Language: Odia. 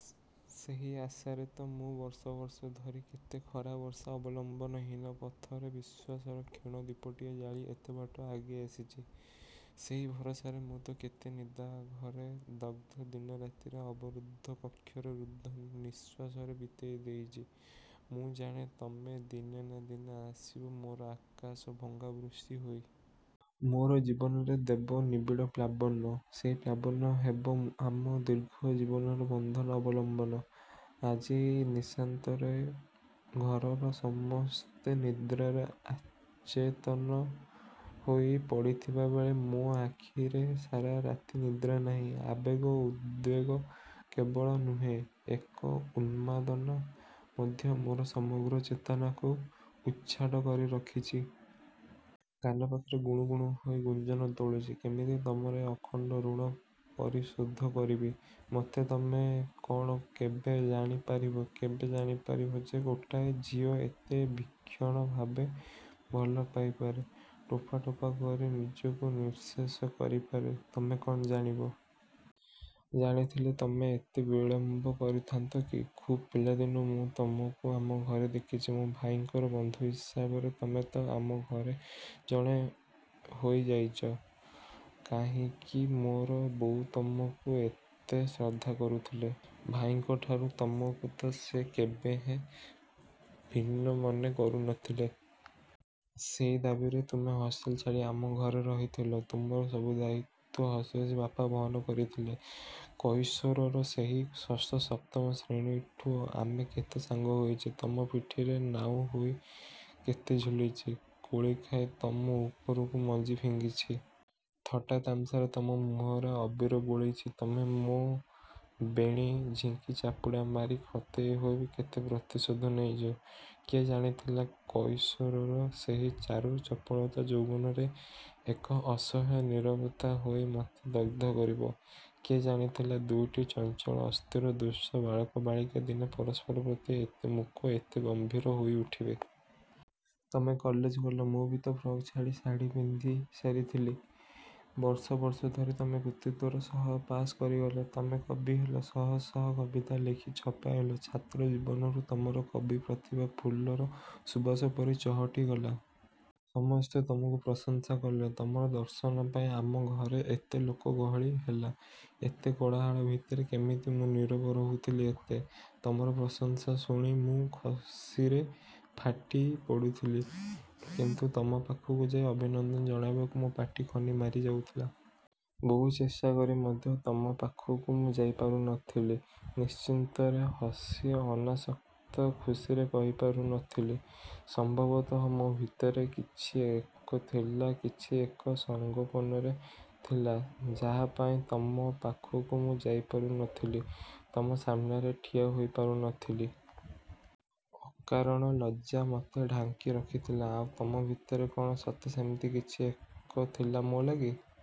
ସେହି ଆଶାରେ ତ ମୁଁ ବର୍ଷ ବର୍ଷ ଧରି, କେତେ ଖରାବର୍ଷା ଅବଲମ୍ବନହୀନ ପଥରେ, ବିଶ୍ୱାସର କ୍ଷୀଣ ଦୀପଟିଏ ଜାଳି ଏତେବାଟ ଆଗେଇ ଆସିଚି। ସେଇ ଭରସାରେ ମୁଁ ତ କେତେ ନିଦାଘରେ ଦଗଧ ଦିନରାତିରେ ଅବରୁଦ୍ଧ କକ୍ଷରେ, ରୁଦ୍ଧ ନିଃଶ୍ଵାସରେ ବିତେଇଦେଇଚି। ମୁଁ ଜାଣେ, ତମେ ଦିନେ ନାଁ ଦିନେ ଆସିବ ମୋର ଆକାଶ ଭଙ୍ଗା ବୃଷ୍ଟି ହୋଇ। ମୋ'ର ଜୀବନରେ ଦେବ ନିବିଡ଼ ପ୍ଲାବନ। ସେଇ ପ୍ଲାବନ ହେବ ଆମ ଦୀର୍ଘ ଜୀବନର ବନ୍ଧନ, ଅବଲମ୍ବନ। ଆଜି ଏହି ନିଶାନ୍ତରେ ଘରର ସମସ୍ତେ ନିଦ୍ରାରେ ଅଚେତନ ହୋଇ ପଡ଼ିଥିବାବେଳେ, ମୋ' ଆଖିରେ ସାରା ରାତି ନିଦ୍ରା ନାହିଁ। ଆବେଗ ଓ ଉଦ୍ବେଗ କେବଳ ନୁହେଁ, ଏକ ଉନ୍ମାଦନା ମଧ୍ୟ ମୋର ସମଗ୍ର ଚେତନାକୁ ଉଚ୍ଛାଟ କରି ରଖିଚି। କାନ ପାଖରେ ଗୁଣୁ ଗୁଣୁ ହୋଇ ଗୁଞ୍ଜନ ତୋଳୁଛି। କେମିତି ତମର ଏ ଅଖଣ୍ଡ ଋଣ ପରିଶୋଧ କରିବି। ମତେ ତମେ କ'ଣ କେବେ ଜାଣି ପାରିବ କେବେ ଜାଣିପାରିବ ଯେ ଗୋଟାଏ ଝିଅ ଏତେ ଭୀଷଣଭାବେ ଭଲ ପାଇପାରେ? ଟୋପା ଟୋପା କରି ନିଜକୁ ନିଃଶେଷ କରିପାରେ ତମେ କ'ଣ ଜାଣିବ? ଜାଣିଥିଲେ ତମେ ଏତେ ବିଳମ୍ବ କରିଥାନ୍ତ କି? ଖୁବ୍ ପିଲାଦିନୁ ମୁଁ ତମକୁ ଆମ ଘରେ ଦେଖିଚି। ମୋ ଭାଇଙ୍କର ବନ୍ଧୁ ହିସାବରେ ତମେ ତ ଆମଘରେ ଜଣେ ହୋଇ ଯାଇଚ। କାହିଁକି ମୋର ବୋଉ ତମକୁ ଏତେ ଶ୍ରଦ୍ଧା କରୁଥିଲେ? ଭାଇଙ୍କଠାରୁ ତମକୁ ତ ସେ କେବେହେଁ ଭିନ୍ନ ମନେ କରୁ ନ ଥିଲେ। ସେଇ ଦାବୀରେ ତୁମେ ହଷ୍ଟେଲ ଛାଡ଼ି ଆମଘରେ ରହିଥିଲ। ତୁମର ସବୁ ଦାୟିତ୍ୱ ହସି ହସି ବାପା ବହନ କରିଥିଲେ। କୈଶୋରର ସେହି ଷଷ୍ଠ, ସପ୍ତମ ଶ୍ରେଣୀଠୁ ଆମେ କେତେ ସାଙ୍ଗ ହୋଇଚେ। ତମ ପିଠିରେ ନାଉ ହୋଇ କେତେ ଝୁଲିଛି। କୋଳିଖାଇ ତମ ଉପରକୁ ମଞ୍ଜି ଫିଙ୍ଗିଛି। ଥଟ୍ଟା ତାମସାରେ ତମ ମୁହଁରେ ଅବିର ବୋଳିଛି। ତମେ ମୋ ବେଣୀ ଝିଙ୍କି ଚାପୁଡ଼ା ମାରି ଖତେଇ ହୋଇ କେତେ ପ୍ରତିଶୋଧ ନେଇଚ। କିଏ ଜାଣିଥିଲା, କୈଶୋରର ସେହି ଚାରୁ ଚପଳତା ଯୌବନରେ ଏକ ଅସହ୍ୟ ନୀରବତା ହୋଇ ମତେ ଦଗ୍ଧ କରିବ। କିଏ ଜାଣିଥିଲା ଦୁଇଟି ଚଞ୍ଚଳ, ଅସ୍ଥିର, ଦୁଷ୍ଟ ବାଳକ ବାଳିକା ଦିନେ ପରସ୍ପର ପ୍ରତି ଏତେ ମୂକ, ଏତେ ଗମ୍ଭୀର ହୋଇ ଉଠିବେ। ତମେ କଲେଜ ଗଲ। ମୁଁ ବି ତ ଫ୍ରକ୍ ଛାଡ଼ି ଶାଢ଼ିପିନ୍ଧି ସାରିଥିଲି। ବର୍ଷ ବର୍ଷ ଧରି ତମେ କୃତିତ୍ୱର ସହ ପାଶ୍ କରିଗଲ। ତମେ କବି ହେଲ। ଶହ ଶହ କବିତା ଲେଖି ଛପାଇଲ, ଛାତ୍ର ଜୀବନରୁ ତମର କବି ପ୍ରତିଭା ଫୁଲର ସୁବାସ ପରି ଚହଟି ଗଲା। ସମସ୍ତେ ତମକୁ ପ୍ରଶଂସା କଲେ। ତମର ଦର୍ଶନ ପାଇଁ, ଆମଘରେ ଏତେ ଲୋକ ଗହଳି ହେଲା। ଏତେ କୋଳାହଳ ଭିତରେ କେମିତି ମୁଁ ନୀରବ ରହୁଥିଲି ଏତେ? ତମର ପ୍ରଶଂସା ଶୁଣି ମୁଁ ଖୁସିରେ ଫାଟି ପଡ଼ୁଥିଲି, କିନ୍ତୁ ତମ ପାଖକୁ ଯାଇ ଅଭିନନ୍ଦନ ଜଣାଇବାକୁ ମୋ ପାଟି ଖନିମାରି ଯାଉଥିଲା। ବହୁ ଚେଷ୍ଟାକରି ମଧ୍ୟ ତମ ପାଖକୁ ମୁଁ ଯାଇପାରୁ ନ ଥିଲି, ନିଶ୍ଚିନ୍ତରେ ହସି ଅନାସକ୍ତ ଖୁସିରେ କହିପାରୁ ନ ଥିଲି। ସମ୍ଭବତଃ ମୋ ଭିତରେ କିଛି ଏକ ଥିଲା, କିଛି ଏକ ସଂଗୋପନରେ ଥିଲା, ଯାହାପାଇଁ ତମ ପାଖକୁ ମୁଁ ଯାଇପାରୁ ନ ଥିଲି। ତମ ସାମ୍ନାରେ ଠିଆ ହୋଇ ପାରୁ ନ ଥିଲି। ଅକାରଣ ଲଜ୍ଜା ମତେ ଢାଙ୍କି ରଖିଥିଲା, ଆଉ ତମ ଭିତରେ କ'ଣ ସତେ ସେମିତି କିଛି ଏକ ଥିଲା ମୋ ଲାଗି?